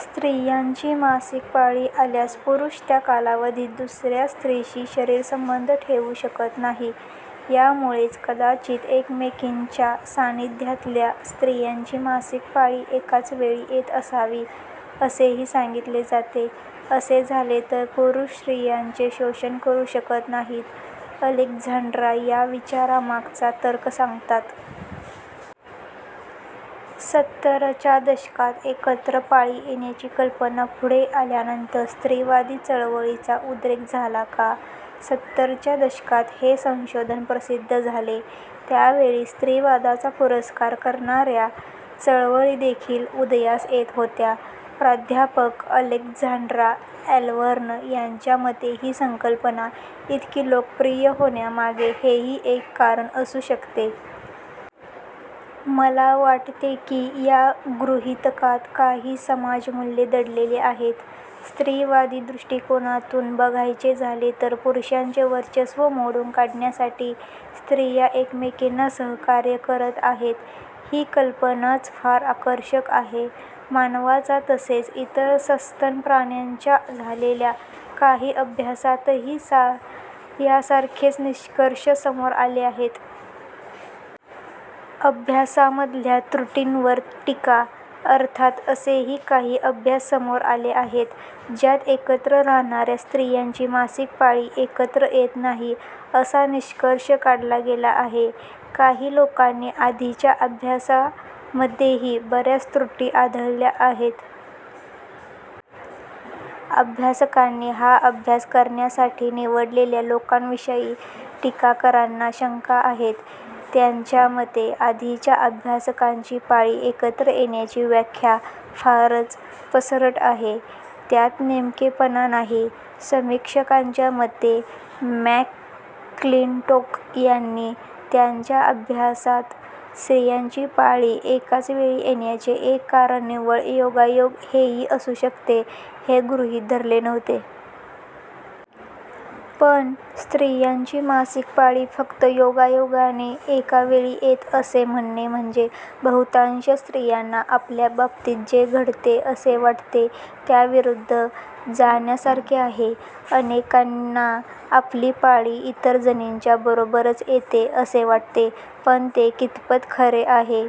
स्त्रियांची मासिक पाळी आल्यास पुरुष त्या कालावधीत दुसऱ्या स्त्रीशी शरीरसंबंध ठेवू शकत नाही. यामुळेच कदाचित एकमेकींच्या सान्निध्यातल्या स्त्रियांची मासिक पाळी एकाच वेळी येत असावी, असेही सांगितले जाते. "असे झाले तर पुरुष स्त्रियांचे शोषण करू शकत नाहीत," अलेक्झांड्रा या विचारामागचा तर्क सांगतात. सत्तरच्या दशकात एकत्र पाळी येण्याची कल्पना पुढे आल्यानंतर स्त्रीवादी चळवळीचा उद्रेक झाला का? सत्तरच्या दशकात हे संशोधन प्रसिद्ध झाले त्यावेळी स्त्रीवादाचा पुरस्कार करणाऱ्या चळवळी देखील उदयास येत होत्या. प्राध्यापक अलेक्झांड्रा ॲलव्हर्न यांच्या मते ही संकल्पना इतकी लोकप्रिय होण्यामागे हेही एक कारण असू शकते. "मला वाटते की, या गृहितकात काही 'समाजमूल्ये' दडलेली आहेत. स्त्रीवादी दृष्टिकोनातून बघायचे झाले तर पुरुषांचे वर्चस्व मोडून काढण्यासाठी स्त्रिया एकमेकींना सहकार्य करत आहेत ही कल्पनाच फार आकर्षक आहे." मानवाचा तसेच इतर सस्तन प्राण्यांच्या झालेल्या काही अभ्यासांतही यासारखेच निष्कर्ष समोर आले आहेत. अभ्यासामधल्या त्रुटींवर टीका - अर्थात असेही काही अभ्यास समोर आले आहेत ज्यात एकत्र राहणाऱ्या स्त्रियांची मासिक पाळी एकत्र येत नाही असा निष्कर्ष काढला गेला आहे. काही लोकांनी आधीच्या अभ्यासांमध्येही बऱ्याच त्रुटी आढळल्या आहेत. अभ्यासकांनी हा अभ्यास करण्यासाठी निवडलेल्या लोकांविषयी टीकाकारांना शंका आहेत. त्यांच्या मते आधीच्या अभ्यासकांची 'पाळी एकत्र येण्याची' व्याख्या फारच पसरट आहे. त्यात नेमकेपणा नाही. समीक्षकांच्या मते, मॅकक्लिंटोक यांनी त्यांच्या अभ्यासात स्त्रियांची पाळी एकाच वेळी येण्याचे एक कारण निव्वळ योगायोग हेही असू शकते, हे गृहीत धरले नव्हते. पण स्त्रियांची मासिक पाळी फक्त योगायोगाने एका वेळी येते असे म्हणणे म्हणजे बहुतांश स्त्रियांना आपल्या बाबतीत जे घडते असे वाटते त्याविरुद्ध जाण्यासारखे आहे. अनेकींना आपली पाळी इतर जणींच्या बरोबरच येते असे वाटते, पण ते कितपत खरे आहे?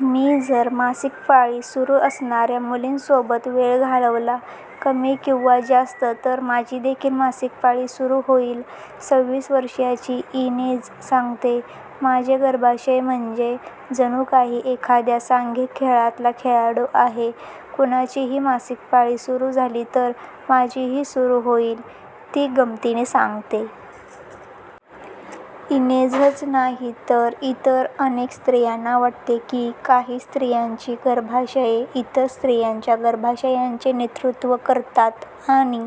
"मी जर मासिक पाळी सुरू असणाऱ्या मुलीसोबत वेळ घालवला, कमी किंवा जास्त तर माझीदेखील मासिक पाळी सुरू होईल," सव्वीस वर्षांची इनेझ सांगते. "माझे गर्भाशय म्हणजे जणू काही एखाद्या सांघिक खेळातला खेळाडू आहे. कुणाचीही मासिक पाळी सुरू झाली तर माझीही सुरू होईल," ती गंमतीत सांगते. इनेझच नाही तर इतर अनेक स्त्रियांना वाटते की, काही स्त्रियांची गर्भाशये इतर स्त्रियांच्या गर्भाशयांचे नेतृत्व करतात आणि